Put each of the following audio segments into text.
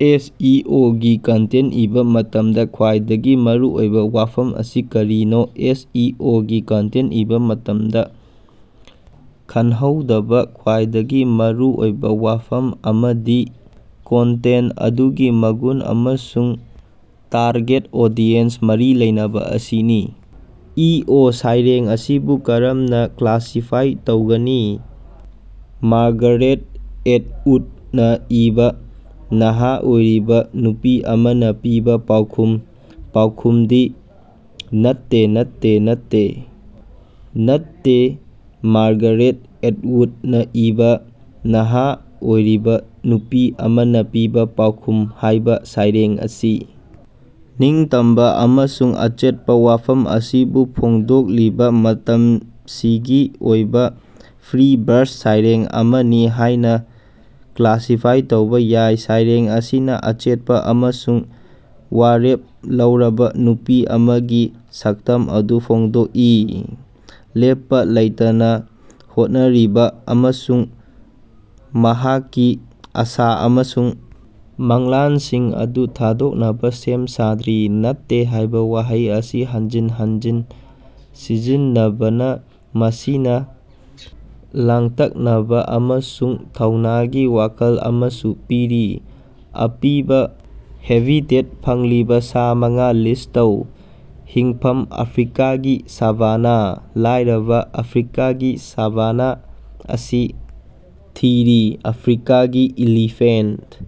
ꯑꯦꯁ. E. O. ꯒꯤ content ꯏꯕꯥ ꯃꯇꯝꯗ ꯈ꯭ꯋꯥꯏꯗꯒꯤ ꯃꯔꯨꯑꯣꯏꯕ ꯋꯥꯐꯝ ꯑꯁꯤ ꯀꯔꯤꯅꯣ? ꯑꯦꯁ. ꯏ. ꯑꯣ. ꯒꯤ ꯀꯟꯇꯦꯟꯇ ꯏꯕ ꯃꯇꯝꯗ ꯈꯟꯍꯧꯗꯕ ꯈ꯭ꯋꯥꯏꯗꯒꯤ ꯃꯔꯨꯑꯣꯏꯕ ꯋꯥꯐꯝ ꯑꯃꯗꯤ ꯀꯟꯇꯦꯟꯇ ꯑꯗꯨꯒꯤ ꯃꯒꯨꯟ ꯑꯃꯁꯨꯡ ꯇꯥꯔꯒꯦꯠ ꯑꯣꯗꯤꯌꯦꯟꯁ ꯃꯔꯤ ꯂꯩꯅꯕ ꯑꯁꯤꯅꯤ꯫ ꯏ. ꯑꯣ. ꯁꯩꯔꯦꯡ ꯑꯁꯤꯕꯨ ꯀꯔꯝꯅꯥ ꯀ꯭ꯂꯥꯁꯤꯐꯥꯏ ꯇꯧꯒꯅꯤ? ꯃꯥꯔꯒꯥꯔꯦꯠ ꯑꯦꯇꯎꯗꯅ ꯏꯕ "ꯅꯍꯥ ꯑꯣꯏꯔꯤꯕ ꯅꯨꯄꯤ ꯑꯃꯅ ꯄꯤꯕ ꯄꯥꯎꯈꯨꯝ" ꯄꯥꯎꯈꯨꯝꯗꯤ: ꯅꯠꯇꯦ, ꯅꯠꯇꯦ, ꯅꯠꯇꯦ꯫ "ꯅꯠꯇꯦ" ꯃꯥꯔꯒꯥꯔꯦꯠ ꯑꯦꯇꯎꯗꯅ ꯏꯕ "ꯅꯍꯥ ꯑꯣꯏꯔꯤꯕ ꯅꯨꯄꯤ ꯑꯃꯅ ꯄꯤꯕ ꯄꯥꯎꯈꯨꯝ" ꯍꯥꯏꯕ ꯁꯩꯔꯦꯡ ꯑꯁꯤ ꯅꯤꯡꯇꯝꯕ ꯑꯃꯁꯨꯡ ꯑꯆꯦꯠꯄ ꯋꯥꯐꯝ ꯑꯁꯤꯕꯨ ꯐꯣꯡꯗꯣꯛꯂꯤꯕ ꯃꯇꯝꯁꯤꯒꯤ ꯑꯣꯏꯕ, ꯐ꯭ꯔꯤ-ꯕꯔꯁ ꯁꯩꯔꯦꯡ ꯑꯃꯅꯤ ꯍꯥꯏꯅ ꯀ꯭ꯂꯥꯁꯤꯐꯥꯏ ꯇꯧꯕ ꯌꯥꯏ꯫ ꯁꯩꯔꯦꯡ ꯑꯁꯤꯅ ꯑꯆꯦꯠꯄ ꯑꯃꯁꯨꯡ ꯋꯥꯔꯦꯞ ꯂꯧꯔꯕ ꯅꯨꯄꯤ ꯑꯃꯒꯤ ꯁꯛꯇꯝ ꯑꯗꯨ ꯐꯣꯡꯗꯣꯛꯏ, ꯂꯦꯞꯄ ꯂꯩꯇꯅ ꯍꯣꯠꯅꯔꯤꯕ ꯑꯃꯁꯨꯡ ꯃꯍꯥꯛꯀꯤ ꯑꯥꯁ ꯑꯃꯁꯨꯡ ꯃꯪꯂꯥꯟꯁꯤꯡ ꯑꯗꯨ ꯊꯥꯗꯣꯛꯅꯕ ꯁꯦꯝ ꯁꯥꯗ꯭ꯔꯤ꯫ 'ꯅꯠꯇꯦ' ꯍꯥꯏꯕ ꯋꯥꯍꯩ ꯑꯁꯤ ꯍꯟꯖꯤꯟ ꯍꯟꯖꯤꯟ ꯁꯤꯖꯤꯟꯅꯕꯅ ꯃꯁꯤꯅ ꯂꯥꯡꯇꯛꯅꯕ ꯑꯃꯁꯨꯡ ꯊꯧꯅꯥꯒꯤ ꯋꯥꯈꯜ ꯑꯃꯁꯨ ꯄꯤꯔꯤ꯫ ꯑꯄꯤꯕ ꯍꯦꯕꯤꯇꯦꯠ ꯐꯪꯂꯤꯕ ꯁꯥ ꯃꯉꯥ ꯂꯤꯁ ꯇꯧ꯫ ꯍꯤꯡꯐꯝ: ꯑꯐ꯭ꯔꯤꯀꯥꯒꯤ ꯁꯥꯚꯥꯅꯥ꯫ ꯂꯥꯏꯔꯕ: ꯑꯐ꯭ꯔꯤꯀꯥꯒꯤ ꯁꯥꯚꯥꯅ ꯑꯁꯤ ꯊꯤꯔꯤ꯫ ꯑꯐ꯭ꯔꯤꯀꯥꯒꯤ ꯏꯂꯤꯐꯦꯟꯇ: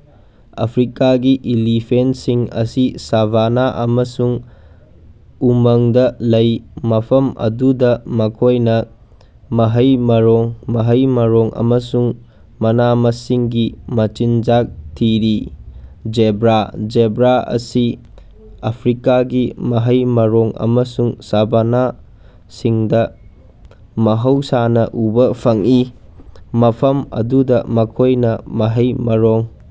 ꯑꯐ꯭ꯔꯤꯀꯥꯒꯤ ꯏꯂꯤꯐꯦꯟꯇꯁꯤꯡ ꯑꯁꯤ ꯁꯥꯚꯥꯅꯥ ꯑꯃꯁꯨꯡ ꯎꯃꯪꯗ ꯂꯩ, ꯃꯐꯝ ꯑꯗꯨꯗ ꯃꯈꯣꯏꯅ ꯃꯍꯩ-ꯃꯔꯣꯡ, ꯃꯍꯩ-ꯃꯔꯣꯡ ꯑꯃꯁꯨꯡ ꯃꯅꯥ-ꯃꯁꯤꯡꯒꯤ ꯃꯆꯤꯟꯖꯥꯛ ꯊꯤꯔꯤ꯫ ꯖꯦꯕ꯭ꯔꯥ: ꯖꯦꯕ꯭ꯔꯥ ꯑꯁꯤ ꯑꯐ꯭ꯔꯤꯀꯥꯒꯤ ꯃꯍꯩ-ꯃꯔꯣꯡ ꯑꯃꯁꯨꯡ ꯁꯥꯚꯥꯅꯥꯁꯤꯡꯗ ꯃꯍꯧꯁꯥꯅ ꯎꯕ ꯐꯪꯏ, ꯃꯐꯝ ꯑꯗꯨꯗ ꯃꯈꯣꯏꯅ ꯃꯍꯩ-ꯃꯔꯣꯡ